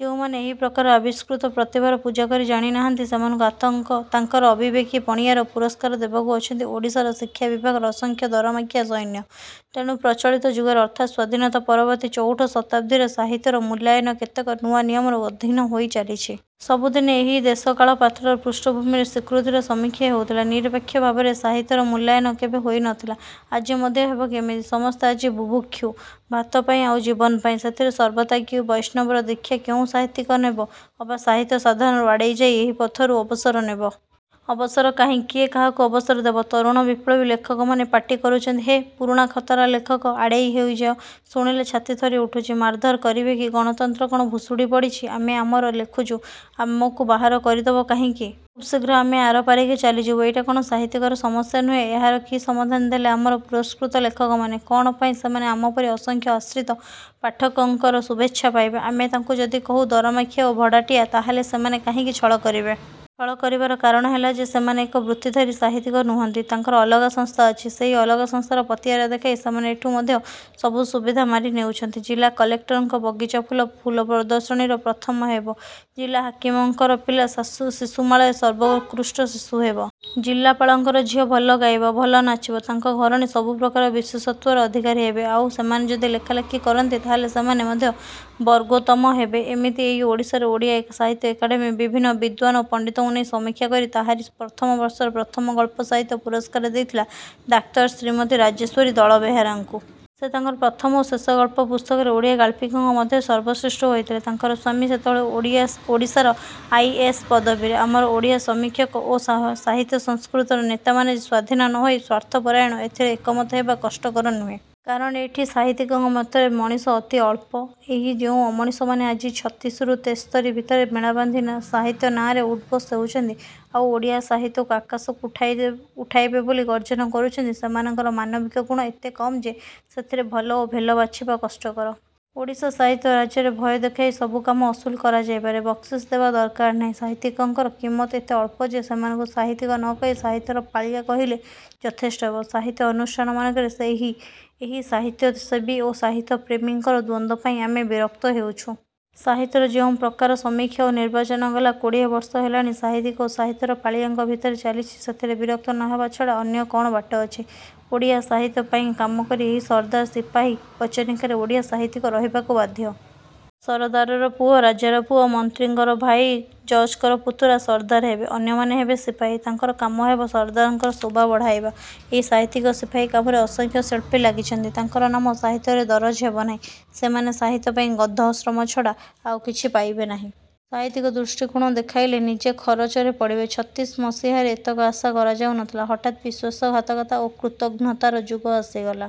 ଯେଉଁମାନେ ଏହି ପ୍ରକାରର ଆବିଷ୍କୃତ ପ୍ରତିଭାର ପୂଜା କରି ଜାଣି ନାହାନ୍ତି ସେମାନଙ୍କୁ ତାଙ୍କର ଅବିବେକୀ–ପଣିଆର ପୁରସ୍କାର ଦେବାକୁ ଅଛନ୍ତି ଓଡ଼ିଶାର ଶିକ୍ଷା ବିଭାଗର ଅସଂଖ୍ୟ ଦରମାଖିଆ ସୈନ୍ୟ। ତେଣୁ ପ୍ରଚଳିତ ଯୁଗରେ ଅର୍ଥାତ୍ ସ୍ୱାଧୀନତା ପରବର୍ତ୍ତୀ ଚଉଠ ଶତାଦ୍ଦୀରେ ସାହିତ୍ୟର ମୂଲ୍ୟାୟନ କେତେକ ନୂଆ ନିୟମର ଅଧିନ ହୋଇ ଚାଲିଛି। ସବୁଦିନେ ଏହି ଦେଶକାଳପାତ୍ରର ପୃଷ୍ଠଭୂମିରେ ସ୍ୱୀକୃତିର ସମୀକ୍ଷା ହେଉଥିଲା। ନିରପେକ୍ଷ ଭାବରେ ସାହିତ୍ୟର ମୂଲ୍ୟାୟନ କେବେ ହୋଇ ନ ଥିଲା। ଆଜି ମଧ୍ୟ ହେବ କେମିତି? ସମସ୍ତେ ଆଜି ବୁଭୁକ୍ଷୁ–ଭାତପାଇଁ ଆଉ ଜୀବନପାଇଁ। ସେଥିରେ ସର୍ବତ୍ୟାଗୀ ବୈଷ୍ଣବର ଦୀକ୍ଷା କେଉଁ ସାହିତ୍ୟିକ ନେବ? ଅବା ସାହିତ୍ୟ ସାଧନାରୁ ଆଡ଼େଇ ଯାଇ ଏହି ପଥରୁ ଅବସର ନେବ? ଅବସର କାହିଁ? କିଏ କାହାକୁ ଅବସର ଦେବ? ତରୁଣ ବିପ୍ଳବୀ ଲେଖକମାନେ ପାଟି କରୁଛନ୍ତି–ହେ, ପୁରୁଣା ଖତରା ଲେଖକ! ଆଡ଼େଇ ହୋଇ ଯାଅ। ଶୁଣିଲେ ଛାତି ଥରି ଉଠୁଛି। ମାରଧର କରିବେ କି? ଗଣତନ୍ତ୍ର କ'ଣ ଭୁଷୁଡ଼ି ପଡ଼ିଛି? ଆମେ ଆମର ଲେଖୁଛୁ। ଆମକୁ ବାହାର କରିଦବ କାହିଁକି? ଖୁବ୍ ଶୀଘ୍ର ଆମେ ଆରପାରିକୁ ଚାଲିଯିବୁ। ଏଇଟା କ'ଣ ସାହିତ୍ୟିକର ସମସ୍ୟା ନୁହେଁ? ଏହାର କି ସମାଧନ ଦେଲେ ଆମର ପୁରସ୍କୃତ ଲେଖକମାନେ? କ'ଣ ପାଇଁ ସେମାନେ ଆମପରି ଅସଂଖ୍ୟ ଆଶ୍ରିତ ପାଠକଙ୍କର ଶୁଭେଚ୍ଛା ପାଇବେ? ଆମେ ତାଙ୍କୁ ଯଦି କହୁ ଦରମାଖିଆ ଓ ଭଡ଼ାଟିଆ–ତାହା ହେଲେ ସେମାନେ କାହିଁକି ଛଳ କରିବେ? ଛଳ କରିବାର କାରଣ ହେଲା ଯେ ସେମାନେ ଏକ–ବୃତ୍ତିଧାରୀ ସାହିତ୍ୟିକ ନୁହନ୍ତି। ତାଙ୍କର ଅଲଗା ସଂସ୍ଥା ଅଛି। ସେହି ଅଲଗା ସଂସ୍ଥାର ପତିଆରା ଦେଖାଇ ସେମାନେ ଏଠୁ ମଧ୍ୟ ସବୁ ସୁବିଧା ମାରି। ନେଉଛନ୍ତି। ଜିଲା କଲେକ୍ଟରଙ୍କର ବଗିଚାଫୁଲ ଫୁଲପ୍ରଦର୍ଶନୀରେ ପ୍ରଥମ ହେବ। ଜିଲା ହାକିମଙ୍କର ପିଲା ଶିଶୁମେଳାରେ ସର୍ବୋତ୍କୃଷ୍ଟ ଶିଶୁ ହେବ। ଜିଲାପାଳଙ୍କର ଝିଅ ଭଲ ଗାଇବ ଓ ଭଲ ନାଚିବ। ତାଙ୍କର ଘରଣୀ ସବୁ ପ୍ରକାରର ବିଶେଷତ୍ୱର ଅଧିକାରୀ ହେବେ। ଆଉ ସେମାନେ ଯଦି ଲେଖାଲେଖି କରନ୍ତି ତାହାହେଲେ ସେମାନେ ମଧ୍ୟ ବର୍ଗୋତ୍ତମ ହେବେ। ଏମିତି ଏଇ ଓଡ଼ିଶାରେ ଓଡ଼ିଆ ସାହିତ୍ୟ ଏକାଡେମି ବିଭିନ୍ନ ବିଦ୍ୱାନ ଓ ପଣ୍ତିତଙ୍କୁ ନେଇ ସମୀକ୍ଷା କରି ତାହାରି ପ୍ରଥମ ବର୍ଷର ପ୍ରଥମ ଗଳ୍ପ ସାହିତ୍ୟ ପୁରସ୍କାର ଦେଇଥିଲା ଡାକ୍ତର ଶ୍ରୀମତୀ ରାଜେଶ୍ୱରୀ ଦଳବେହେରାଙ୍କୁ। ସେ ତାଙ୍କର ପ୍ରଥମ ଓ ଶେଷ ଗଳ୍ପ ପୁସ୍ତକରେ ଓଡ଼ିଆ ଗାଳ୍ପିକଙ୍କ ମଧ୍ୟରେ ସର୍ବେଶ୍ରେଷ୍ଠ ହୋଇଥିଲେ। ତାଙ୍କର ସ୍ୱାମୀ ସେତେବେଳେ ଓଡ଼ିଶାର ଆଇ. ଏ. ଏସ୍. ପଦବୀରେ। ଆମର ଓଡ଼ିଆ ସମୀକ୍ଷକ ଓ ସାହିତ୍ୟ ସଂସ୍କୃତିର ନେତାମାନେ ଯେ ସ୍ୱାଧୀନ ନ ହୋଇ ସ୍ୱାର୍ଥପରାୟଣ ଏଥିରେ ଏକମତ ହେବା କଷ୍ଟକର ନୁହେଁ। କାରଣ ଏଠି ସାହିତ୍ୟିକଙ୍କ ଭିତରେ ମଣିଷ ଅତି ଅଳ୍ପ। ଏହି ଯେଉଁ ଅମଣିଷମାନେ ଆଜି ଛତିଶିରୁ ତେସ୍ତରୀ ଭିତରେ ମେଳାବାନ୍ଧି ସାହିତ୍ୟ ନାଆଁରେ ଉଠବସ ହେଉଛନ୍ତି ଆଉ ଓଡ଼ିଆ ସାହିତ୍ୟକୁ ଆକାଶକୁ ଉଠାଇବେ ବୋଲି ଗର୍ଜନ କରୁଛନ୍ତି ସେମାନଙ୍କର ମାନବିକ ଗୁଣ ଏତେ କମ୍ ଯେ ସେଥିରୁ ଭଲ ଓ ଭେଲ ବାଛିବା କଷ୍ଟକର। ଓଡ଼ିଶା ସାହିତ୍ୟ ରାଜ୍ୟରେ ଭୟ ଦେଖାଇ ସବୁ କାମ ଅସୁଲ କରାଯାଇପାରେ। ବକ୍ସିସ୍ ଦେବା ଦରକାର ନାହିଁ। ସାହିତ୍ୟିକଙ୍କର କିମତ୍ ଏତେ ଅଳ୍ପ ଯେ ସେମାନଙ୍କୁ ସାହିତ୍ୟିକ ନ କହି ସାହିତ୍ୟର ପାଳିଆ କହିଲେ ଯଥେଷ୍ଟ ହେବ। ସାହିତ୍ୟ ଅନୁଷ୍ଠାନମାନଙ୍କରେ ଏହି ସାହିତ୍ୟସେବୀ ଓ ସାହିତ୍ୟ ପ୍ରେମୀଙ୍କର ଦ୍ୱନ୍ଦ୍ୱ ପାଇଁ ଆମେ ବିରକ୍ତ ହେଉଛୁ। ସାହିତ୍ୟର ଯେଉଁ ପ୍ରକାରର ସମୀକ୍ଷା ଓ ନିର୍ବାଚନ ଗଲା କୋଡ଼ିଏବର୍ଷ ହେଲାଣି ସାହିତ୍ୟିକ ଓ ସାହିତ୍ୟର ପାଳିଆଙ୍କ ଭିତରେ ଚାଲିଛି ସେଥିରେ ବିରକ୍ତ ନ ହେବା ଛଡ଼ା ଅନ୍ୟ କ'ଣ ବାଟ ଅଛି? ଓଡ଼ିଆ ସାହିତ୍ୟ ପାଇଁ କାମ କରି ଏହି ସରଦାର ଓ ସିପାହୀ ବଚନିକାରେ ଓଡ଼ିଆ ସାହିତ୍ୟିକ ରହିବାକୁ ବାଧ୍ୟ। ସରଦାରର ପୁଅ, ରାଜାର ପୁଅ, ମନ୍ତ୍ରୀଙ୍କର ଭାଇ, ଜଜ୍ଙ୍କର ପୁତୁରା ସରଦାର ହେବେ। ଅନ୍ୟମାନେ ହେବେ ସିପାହୀ। –ତାଙ୍କର କାମ ହେବ ସରଦାରଙ୍କର ଶୋଭା ବଢ଼ାଇବା। ଏହି ସାହିତ୍ୟିକ ସିପାହୀ କାମରେ ଅସଂଖ୍ୟ ଶିଳ୍ପୀ ଲାଗିଛନ୍ତି। ତାଙ୍କର ନାମ ସାହିତ୍ୟରେ ଦରଜ ହେବ ନାହିଁ। ସେମାନେ ସାହିତ୍ୟ ପାଇଁ ଗଧ–ଶ୍ରମ ଛଡ଼ା ଆଉ କିଛି ପାଇବେ ନାହିଁ। ସାହିତ୍ୟିକ ଦୃଷ୍ଟି–କୋଣ ଦେଖାଇଲେ ନିଜେ ଖରଚରେ ପଡ଼ିବେ। ଛତିଶି ମସିହାରେ ଏତକ ଆଶା କରାଯାଉ ନଥିଲା। ହଠାତ୍ ବିଶ୍ୱାସଘାତକତା ଓ କୃତଘ୍ନତାର ଯୁଗ ଆସିଗଲା।